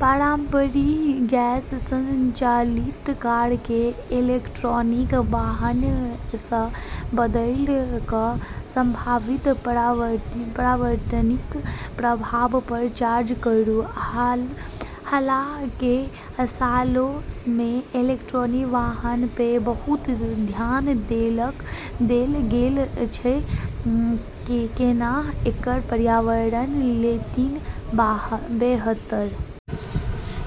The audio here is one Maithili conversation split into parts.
पारंपरिक गैस संचालित कार कें इलेक्ट्रिक वाहन सं बदलय कें संभावित पर्यावरणीय प्रभाव पर चर्चा करूं, हाल के सालऽ मे इलेक्ट्रिक वाहन पे बहुत ध्यान देलऽ गेलऽ छै, कैन्हेंकि एकरा पर्यावरण लेली बेहतर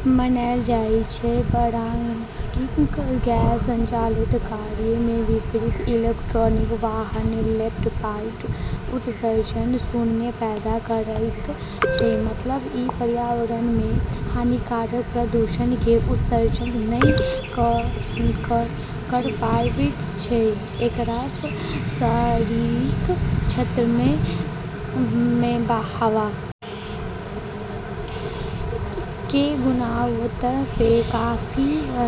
मानलऽ जाय छै, पारंपरिक गैस संचालित कार कें विपरीत इलेक्ट्रिक वाहन टेलपाइप उत्सर्जन शून्य पैदा करएयत छै मतलब इ पर्यावरण मे हानिकारक प्रदूषक कें उत्सर्जन नहि करएयत छै, एकरऽ शहरी क्षेत्रऽ मे हवा के गुणवत्ता पे काफी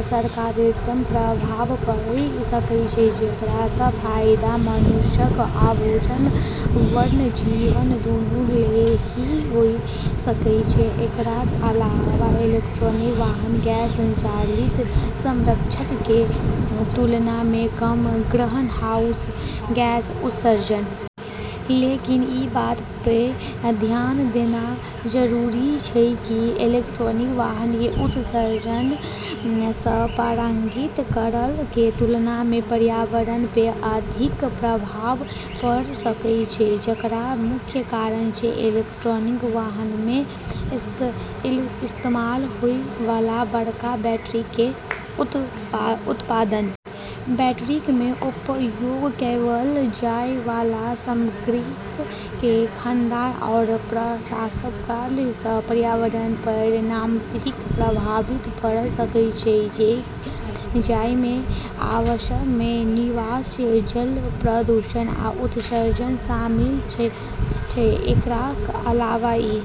सकारात्मक प्रभाव पड़े सकै छै जेकरऽ फायदा मनुष्य आरू वन्यजीव दूनू लेली होय सकै छै, एकरऽ अलावा इलेक्ट्रिक वाहन गैस संचालित समकक्षऽ के तुलना मे कम ग्रीनहाउस गैस उत्सर्जन लेकिन ई बात पे ध्यान देना जरूरी छै कि इलेक्ट्रिक वाहन के उत्पादन स॑ पारंपरिक कारऽ के तुलना मे पर्यावरण पे अधिक प्रभाव पड़े सकै छै जेकरऽ मुख्य कारण छै इलेक्ट्रिक वाहनऽ मे इस्तेमाल होय वाला बड़ऽ बैटरी के उत्पादन। बैटरी मे उपयोग कैल जाय वाला सामग्री कें खनन आ प्रसंस्करण सं पर्यावरण पर नकारात्मक प्रभाव पड़य सकय छै, जइ मे आवास कें विनाश, जल प्रदूषण आ उत्सर्जन शामिल छै, एकरऽ अलावा ई